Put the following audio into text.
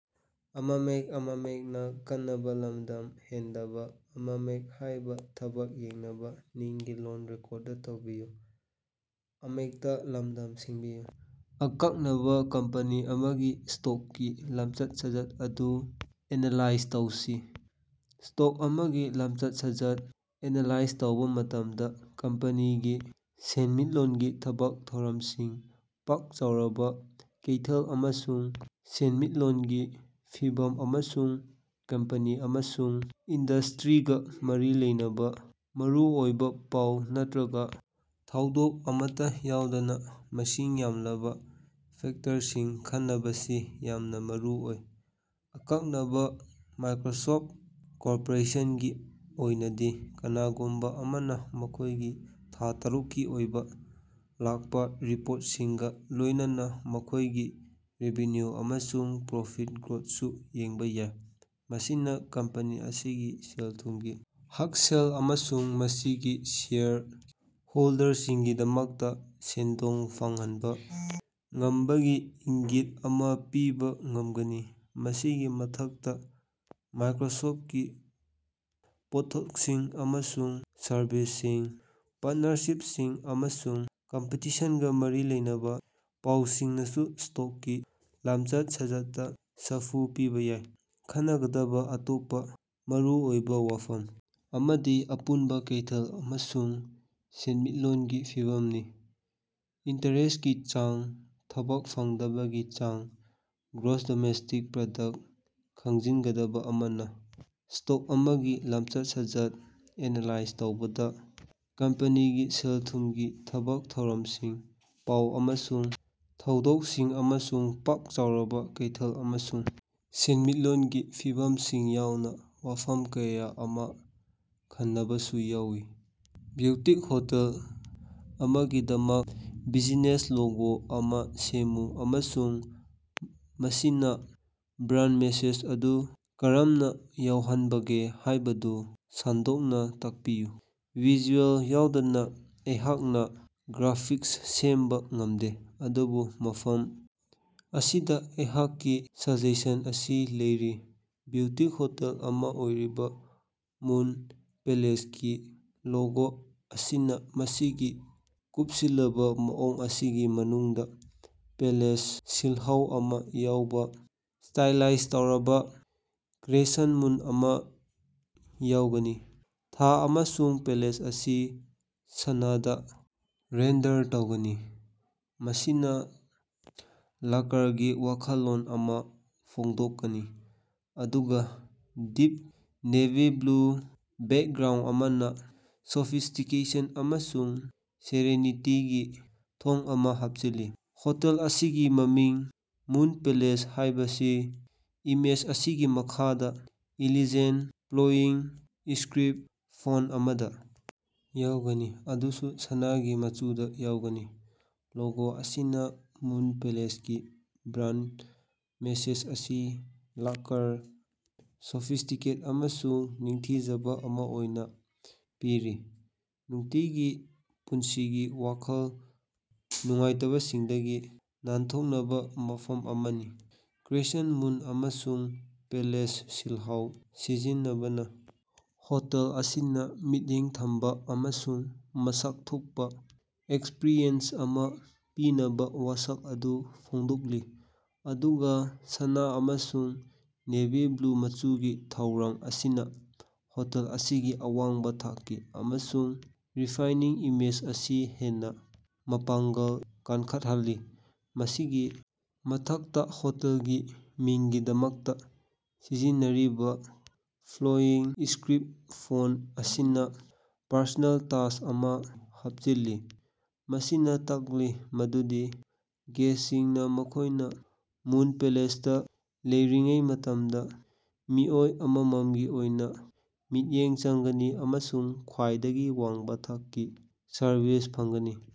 ꯑꯀꯛꯅꯕꯥ ꯀꯝꯄꯦꯅꯤ ꯑꯃꯒꯤ ꯁ꯭ꯇꯣꯛꯀꯤ ꯂꯝꯆꯠ-ꯁꯥꯖꯠ ꯑꯗꯨ ꯑꯦꯅꯥꯂꯥꯏꯖ ꯇꯧꯁꯤ꯫ ꯁ꯭ꯇꯣꯛ ꯑꯃꯒꯤ ꯂꯝꯆꯠ-ꯁꯥꯖꯠ ꯑꯦꯅꯥꯂꯥꯏꯖ ꯇꯧꯕꯥ ꯃꯇꯝꯗꯥ, ꯀꯝꯄꯦꯅꯤꯒꯤ ꯁꯦꯟꯃꯤꯠꯂꯣꯟꯒꯤ ꯊꯕꯛ ꯊꯧꯔꯝꯁꯤꯡ, ꯄꯥꯛ ꯆꯥꯎꯔꯕꯥ ꯀꯩꯊꯦꯜ ꯑꯃꯁꯨꯡ ꯁꯦꯟꯃꯤꯠꯂꯣꯟꯒꯤ ꯐꯤꯚꯝ ꯑꯃꯁꯨꯡ ꯀꯝꯄꯦꯅꯤ ꯑꯃꯁꯨꯡ ꯏꯟꯗꯁꯇ꯭ꯔꯤꯒꯥ ꯃꯔꯤ ꯂꯩꯅꯕꯥ ꯃꯔꯨꯑꯣꯏꯕꯥ ꯄꯥꯎ ꯅꯠꯇ꯭ꯔꯒꯥ ꯊꯧꯗꯣꯛ ꯑꯃꯠꯇꯥ ꯌꯥꯎꯗꯅꯥ ꯃꯁꯤꯡ ꯌꯥꯝꯂꯕꯥ ꯐꯦꯛꯇꯔꯁꯤꯡ ꯈꯟꯅꯕꯁꯤ ꯌꯥꯝꯅꯥ ꯃꯔꯨꯑꯣꯏ꯫ ꯑꯀꯛꯅꯅꯥ ꯃꯥꯏꯀ꯭ꯔꯣꯁꯣꯞ ꯀꯣꯔꯄꯣꯔꯦꯁꯟꯒꯤ ꯑꯣꯏꯅꯗꯤ, ꯀꯅꯥꯒꯨꯝꯕꯥ ꯑꯃꯅꯥ ꯃꯈꯣꯏꯒꯤ ꯊꯥ ꯇꯔꯨꯛꯀꯤ ꯑꯣꯏꯅꯥ ꯂꯥꯛꯄꯥ ꯔꯤꯄꯣꯔꯠꯁꯤꯡꯒꯥ ꯂꯣꯏꯅꯅꯥ ꯃꯈꯣꯏꯒꯤ ꯔꯦꯚꯤꯅ꯭ꯌꯨ ꯑꯃꯁꯨꯡ ꯄ꯭ꯔꯣꯐꯤꯠ ꯒ꯭ꯔꯣꯠꯁꯨ ꯌꯦꯡꯕꯥ ꯌꯥꯏ꯫ ꯃꯁꯤꯅꯥ ꯀꯝꯄꯦꯅꯤ ꯑꯁꯤꯒꯤ ꯁꯦꯜ-ꯊꯨꯝꯒꯤ ꯍꯛꯁꯦꯜ ꯑꯃꯁꯨꯡ ꯃꯁꯤꯒꯤ ꯁꯦꯌꯔ ꯍꯣꯜꯗꯔꯁꯤꯡꯒꯤꯗꯃꯛꯇꯥ ꯁꯦꯟꯗꯣꯡ ꯐꯪꯍꯟꯕꯥ ꯉꯝꯕꯒꯤ ꯏꯪꯒꯤꯠ ꯑꯃꯥ ꯄꯤꯕꯥ ꯉꯝꯒꯅꯤ꯫ ꯃꯁꯤꯒꯤ ꯃꯊꯛꯇꯥ, ꯃꯥꯏꯀ꯭ꯔꯣꯁꯣꯞꯀꯤ ꯄꯣꯠꯊꯣꯛꯁꯤꯡ ꯑꯃꯁꯨꯡ ꯁꯔꯚꯤꯁꯁꯤꯡ, ꯄꯥꯔꯠꯅꯔꯁꯤꯞꯁꯤꯡ ꯑꯃꯁꯨꯡ ꯀꯝꯄꯤꯇꯤꯁꯟꯒꯥ ꯃꯔꯤ ꯂꯩꯅꯕꯥ ꯄꯥꯎꯁꯤꯡꯅꯁꯨ ꯁ꯭ꯇꯣꯛꯀꯤ ꯂꯝꯆꯠ-ꯁꯥꯖꯠꯇꯥ ꯁꯥꯐꯨ ꯄꯤꯕꯥ ꯌꯥꯏ꯫ ꯈꯟꯅꯒꯗꯕꯥ ꯑꯇꯣꯞꯄꯥ ꯃꯔꯨꯑꯣꯏꯕꯥ ꯋꯥꯐꯝ ꯑꯃꯗꯤ ꯑꯄꯨꯟꯕꯥ ꯀꯩꯊꯦꯜ ꯑꯃꯁꯨꯡ ꯁꯦꯟꯃꯤꯠꯂꯣꯟꯒꯤ ꯐꯤꯚꯝꯅꯤ꯫ ꯏꯟꯇꯔꯦꯁꯀꯤ ꯆꯥꯡ, ꯊꯕꯛ ꯐꯪꯗꯕꯒꯤ ꯆꯥꯡ, ꯒ꯭ꯔꯣꯁ ꯗꯣꯃꯦꯁꯇꯤꯛ ꯄ꯭ꯔꯥꯗꯛ ꯈꯪꯖꯤꯟꯒꯗꯕꯥ ꯑꯃꯅꯥ, ꯁ꯭ꯇꯣꯛ ꯑꯃꯒꯤ ꯂꯝꯆꯠ-ꯁꯥꯖꯠ ꯑꯦꯅꯥꯂꯥꯏꯖ ꯇꯧꯕꯗꯥ ꯀꯝꯄꯦꯅꯤꯒꯤ ꯁꯦꯜ-ꯊꯨꯝꯒꯤ ꯊꯕꯛ ꯊꯧꯔꯝꯁꯤꯡ, ꯄꯥꯎ ꯑꯃꯁꯨꯡ ꯊꯧꯗꯣꯛꯁꯤꯡ ꯑꯃꯁꯨꯡ ꯄꯥꯛ ꯆꯥꯎꯔꯕꯥ ꯀꯩꯊꯦꯜ ꯑꯃꯁꯨꯡ ꯁꯦꯟꯃꯤꯠꯂꯣꯟꯒꯤ ꯐꯤꯚꯝꯁꯤꯡ ꯌꯥꯎꯅꯥ ꯋꯥꯐꯝ ꯀꯌꯥ ꯑꯃꯥ ꯈꯟꯅꯕꯁꯨ ꯌꯥꯎꯏ꯫ ꯕ꯭ꯌꯨꯇꯤꯛ ꯍꯣꯇꯦꯜ ꯑꯃꯒꯤꯗꯃꯛ ꯕꯤꯖꯤꯅꯦꯁ ꯂꯣꯒꯣ ꯑꯃꯥ ꯁꯦꯝꯃꯨ ꯑꯃꯁꯨꯡ ꯃꯁꯤꯅꯥ ꯕ꯭ꯔꯥꯟ ꯃꯦꯁꯦꯖ ꯑꯗꯨ ꯀꯔꯝꯅꯥ ꯌꯧꯍꯟꯕꯒꯦ ꯍꯥꯏꯕꯗꯨ ꯁꯟꯗꯣꯛꯅꯥ ꯇꯥꯛꯄꯤꯌꯨ꯫ ꯚꯤꯖꯨꯑꯦꯜ ꯌꯥꯎꯗꯅꯥ ꯑꯩꯍꯥꯛꯅꯥ ꯒ꯭ꯔꯥꯐꯤꯛꯁ ꯁꯦꯝꯕꯥ ꯉꯝꯗꯦ꯫ ꯑꯗꯨꯕꯨ ꯃꯐꯝ ꯑꯁꯤꯗꯥ ꯑꯩꯍꯥꯛꯀꯤ ꯁꯖꯦꯁꯟ ꯑꯁꯤ ꯂꯩꯔꯤ꯫ ꯕ꯭ꯌꯨꯇꯤꯛ ꯍꯣꯇꯦꯜ ꯑꯃꯥ ꯑꯣꯏꯔꯤꯕꯥ ꯃꯨꯟ ꯄꯦꯂꯦꯁꯀꯤ ꯂꯣꯒꯣ ꯑꯁꯤꯅꯥ ꯃꯁꯤꯒꯤ ꯀꯨꯞꯁꯤꯜꯂꯕꯥ ꯃꯑꯣꯡ ꯑꯁꯤꯒꯤ ꯃꯅꯨꯡꯗꯥ ꯄꯦꯂꯦꯁ ꯁꯤꯜꯍꯧ ꯑꯃꯥ ꯌꯥꯎꯕꯥ ꯁ꯭ꯇꯥꯏꯂꯥꯏꯖ ꯇꯧꯔꯕꯥ ꯀ꯭ꯔꯦꯁꯦꯟ ꯃꯨꯟ ꯑꯃꯥ ꯌꯥꯎꯒꯅꯤ꯫ ꯊꯥ ꯑꯃꯁꯨꯡ ꯄꯦꯂꯦꯁ ꯑꯁꯤ ꯁꯅꯥꯗꯥ ꯔꯦꯟꯗꯔ ꯇꯧꯒꯅꯤ, ꯃꯁꯤꯅꯥ ꯂꯛꯀꯔꯒꯤ ꯋꯥꯈꯜꯂꯣꯟ ꯑꯃꯥ ꯐꯣꯡꯗꯣꯛꯀꯅꯤ, ꯑꯗꯨꯒꯥ ꯗꯤꯞ ꯅꯦꯚꯤ ꯕ꯭ꯂꯨ ꯕꯦꯛꯒ꯭ꯔꯥꯎꯟ ꯑꯃꯅꯥ ꯁꯣꯐꯤꯁꯇꯤꯀꯦꯁꯟ ꯑꯃꯁꯨꯡ ꯁꯦꯔꯦꯅꯤꯇꯤꯒꯤ ꯊꯣꯡ ꯑꯃꯥ ꯍꯥꯞꯆꯤꯜꯂꯤ꯫ ꯍꯣꯇꯦꯜ ꯑꯁꯤꯒꯤ ꯃꯃꯤꯡ ꯃꯨꯟ ꯄꯦꯂꯦꯁ ꯍꯥꯏꯕꯁꯤ ꯏꯃꯦꯖ ꯑꯁꯤꯒꯤ ꯃꯈꯥꯗꯥ ꯏꯂꯤꯖꯦꯟ, ꯐ꯭ꯂꯣꯌꯤꯡ ꯏꯁꯀ꯭ꯔꯤꯞ ꯐꯣꯟ ꯑꯃꯗꯥ ꯌꯥꯎꯒꯅꯤ, ꯃꯗꯨꯁꯨ ꯁꯅꯥꯒꯤ ꯃꯆꯨꯗꯥ ꯌꯥꯎꯒꯅꯤ꯫ ꯂꯣꯒꯣ ꯑꯁꯤꯅꯥ ꯃꯨꯟ ꯄꯦꯂꯦꯁꯀꯤ ꯕ꯭ꯔꯥꯟꯗ ꯃꯦꯁꯦꯖ ꯑꯁꯤ ꯂꯛꯀꯔ, ꯁꯣꯐꯤꯁꯇꯤꯀꯦꯠ ꯑꯃꯁꯨꯡ ꯅꯤꯡꯊꯤꯖꯕ ꯑꯃꯥ ꯑꯣꯏꯅꯥ ꯄꯤꯔꯤ – ꯅꯨꯡꯇꯤꯒꯤ ꯄꯨꯟꯁꯤꯒꯤ ꯋꯥꯈꯜ ꯅꯨꯡꯉꯥꯏꯇꯕꯁꯤꯡꯗꯒꯤ ꯅꯥꯟꯊꯣꯛꯅꯕꯥ ꯃꯐꯝ ꯑꯃꯅꯤ꯫ ꯀ꯭ꯔꯦꯁꯦꯟꯇ ꯃꯨꯟ ꯑꯃꯁꯨꯡ ꯄꯦꯂꯦꯁ ꯁꯤꯜꯍꯧ ꯁꯤꯖꯤꯟꯅꯕꯅꯥ ꯍꯣꯇꯦꯜ ꯑꯁꯤꯅꯥ ꯃꯤꯠꯌꯦꯡ ꯊꯝꯕꯥ ꯑꯃꯁꯨꯡ ꯃꯁꯛ ꯊꯣꯛꯄꯥ ꯑꯦꯛꯁꯄ꯭ꯔꯤꯌꯦꯟꯁ ꯑꯃꯥ ꯄꯤꯅꯕꯥ ꯋꯥꯁꯛ ꯑꯗꯨ ꯐꯣꯡꯗꯣꯛꯂꯤ, ꯑꯗꯨꯒꯥ ꯁꯅꯥ ꯑꯃꯁꯨꯡ ꯅꯦꯚꯤ ꯕ꯭ꯂꯨ ꯃꯆꯨꯒꯤ ꯊꯧꯔꯥꯡ ꯑꯁꯤꯅꯥ ꯍꯣꯇꯦꯜ ꯑꯁꯤꯒꯤ ꯑꯋꯥꯡꯕꯥ ꯊꯥꯛꯀꯤ ꯑꯃꯁꯨꯡ ꯔꯤꯐꯥꯏꯅꯤꯡ ꯏꯃꯦꯖ ꯑꯁꯤ ꯍꯦꯟꯅꯥ ꯃꯄꯥꯡꯒꯜ ꯀꯟꯈꯠꯍꯜꯂꯤ꯫ ꯃꯁꯤꯒꯤ ꯃꯊꯛꯇꯥ, ꯍꯣꯇꯦꯜꯒꯤ ꯃꯤꯡꯒꯤꯗꯃꯛꯇꯥ ꯁꯤꯖꯤꯟꯅꯔꯤꯕꯥ ꯐ꯭ꯂꯣꯌꯤꯡ ꯏꯁꯀ꯭ꯔꯤꯞ ꯐꯣꯟ ꯑꯁꯤꯅꯥ ꯄꯔꯁꯣꯅꯦꯜ ꯇꯁ ꯑꯃꯥ ꯍꯥꯞꯆꯤꯜꯂꯤ, ꯃꯁꯤꯅꯥ ꯇꯥꯛꯂꯤ ꯃꯗꯨꯗꯤ ꯒꯦꯁꯁꯤꯡꯅꯥ ꯃꯈꯣꯏꯅꯥ ꯃꯨꯟ ꯄꯦꯂꯦꯁꯇꯥ ꯂꯩꯔꯤꯉꯩ ꯃꯇꯝꯗꯥ ꯃꯤꯑꯣꯏ ꯑꯃꯃꯝꯒꯤ ꯑꯣꯏꯅꯥ ꯃꯤꯠꯌꯦꯡ ꯆꯪꯒꯅꯤ ꯑꯃꯁꯨꯡ ꯈ꯭ꯋꯥꯏꯗꯒꯤ ꯋꯥꯡꯕꯥ ꯊꯥꯛꯀꯤ ꯁꯔꯚꯤꯁ ꯐꯪꯒꯅꯤ꯫